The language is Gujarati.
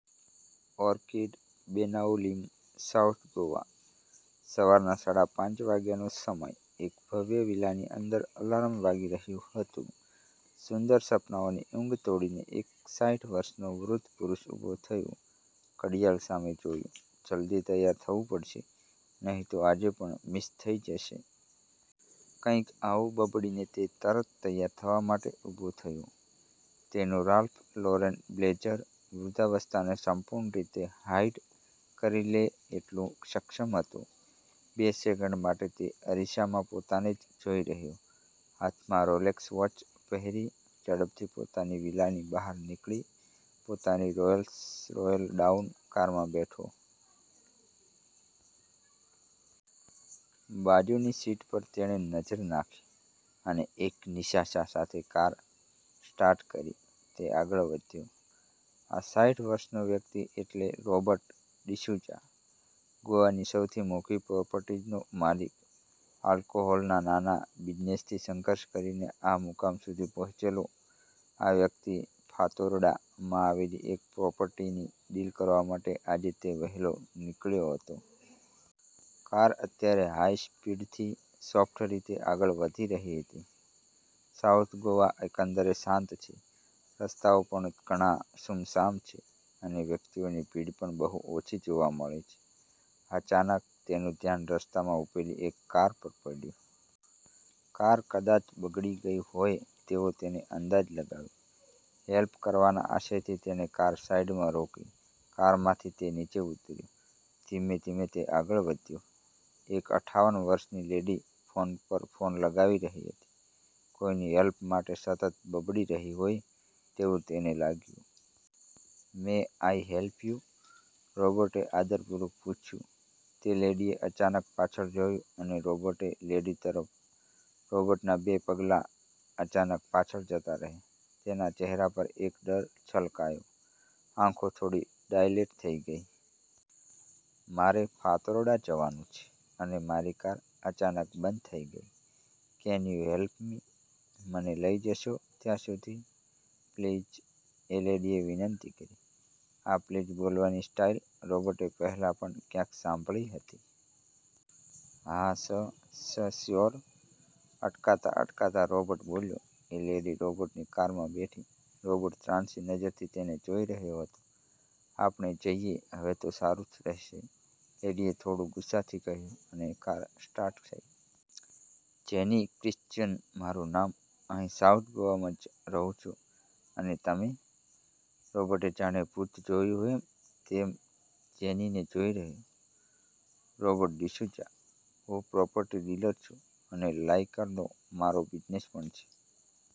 ઓર્કિડ, બેનાઉલિમ સાઉથ ગોવા: સવારના સાડા પાંચ વાગ્યાનો સમય. એક ભવ્ય વિલાની અંદર અલાર્મ વાગી રહ્યું હતું. સુંદર સપનાઓની ઊંઘ તોડીને એક સાઈઠ વર્ષનો વૃદ્ધ પુરૂષ ઉભો થયો. ઘડિયાળ સામે જોયું, "જલ્દી તૈયાર થવું પડશે, નહીં તો આજે પણ મિસ થઈ જશે." કંઈક આવું બબડીને તે તરત તૈયાર થવા માટે ઉભો થયો. તેનું 'રાલ્ફ લોરેન બ્લેઝર' વૃદ્ધાવસ્થાને સંપૂર્ણ રીતે હાઇડ કરી લે એટલું સક્ષમ હતું. બે સેકન્ડ માટે તે અરીસામાં પોતાને જ જોઈ રહ્યો. હાથમાં રોલેક્સ વોચ પહેરી, ઝડપથી પોતાના વિલાની બહાર નીકળી પોતાની "રોલ્સ રોયલ ડાઉન" કારમાં બેઠો. બાજુની સીટ પર તેણે નજર નાખી, અને એક નિસાસા સાથે કાર સ્ટાર્ટ કરી તે આગળ વધ્યો. આ સાઈઠ વર્ષનો વ્યક્તિ એટલે રોબર્ટ ડિસુઝા. ગોવાની સૌથી મોંઘી પ્રોપર્ટીનો માલિક. આલ્કોહોલના નાના બિઝનેસથી સંઘર્ષ કરીને આ મુકામ સુધી પહોંચેલો, આ વ્યક્તિ 'ફાતોરડા' માં આવેલી એક પ્રોપર્ટીની ડીલ કરવા માટે આજે તે વહેલો નીકળ્યો હતો. કાર અત્યારે હાઇ સ્પીડથી સોફ્ટ રીતે આગળ વધી રહી હતી. સાઉથ ગોવા એકંદરે શાંત છે, રસ્તાઓ પણ ઘણા સૂમસામ છે, અને વ્યક્તિઓની ભીડ પણ બહુ ઓછી જોવા મળે છે. અચાનક તેનું ધ્યાન રસ્તામાં ઊભેલી એક કાર પર પડ્યું. કાર કદાચ બગડી ગઈ હોય તેવો તેને અંદાજ લગાવ્યો. હેલ્પ કરવાના આશયથી તેણે કાર સાઇડમાં રોકી કારમાંથી તે નીચે ઊતર્યો. ધીમે-ધીમે તે આગળ વધ્યો. એક અઠાવન વર્ષની લેડી ફોન પર ફોન લગાવી રહી હતી, કોઈની હેલ્પ માટે સતત બબડી રહી હોય તેવું તેને લાગ્યું. "May I help you?" રૉબર્ટે આદરપૂર્વક પૂછ્યું. તે લેડીએ અચાનક પાછળ જોયું અને રોબર્ટે લેડી તરફ. રોબર્ટના બે પગલાં અચાનક પાછળ જતા રહ્યા. તેના ચહેરા પર એક ડર છલકાયો. આંખો થોડી ડાયલેટ થઈ ગઈ. "મારે ફાતોરડા જવાનું છે અને મારી કાર અચાનક બંધ થઈ ગઈ, કેન યુ હેલ્પ મી? મને લઈ જશો ત્યાં સુધી? પ્લીઝ!" એ લેડીએ વિનંતી કરી. આ પ્લીઝ બોલવાની સ્ટાઈલ રૉબર્ટે પહેલા પણ ક્યાંક સાંભળી હતી. "હા સ, સ, સ્યોર!" અટકાતા-અટકાતા રોબર્ટ બોલ્યો.. એ લેડી રોબર્ટની કારમાં બેઠી. રોબર્ટ ત્રાંસી નજરથી તેને જોઈ રહ્યો હતો. "આપણે જઈએ હવે તો સારૂ રહેશે!" લેડીએ થોડુ ગુસ્સાથી કહ્યું. અને કાર સ્ટાર્ટ થઈ. " 'જેની ક્રિસ્ચયન' મારૂ નામ. અહીં સાઉથ ગોવામાં જ રહું છું, અને તમે?" રોબર્ટે જાણે ભૂત જોયું હોય તેમ જેનીને જોઈ રહ્યો. " 'રૉબર્ટ ડિસુઝા', હું પ્રોપર્ટી ડીલર છું, અને લાઈકરનો મારો બિઝનેસ પણ છે."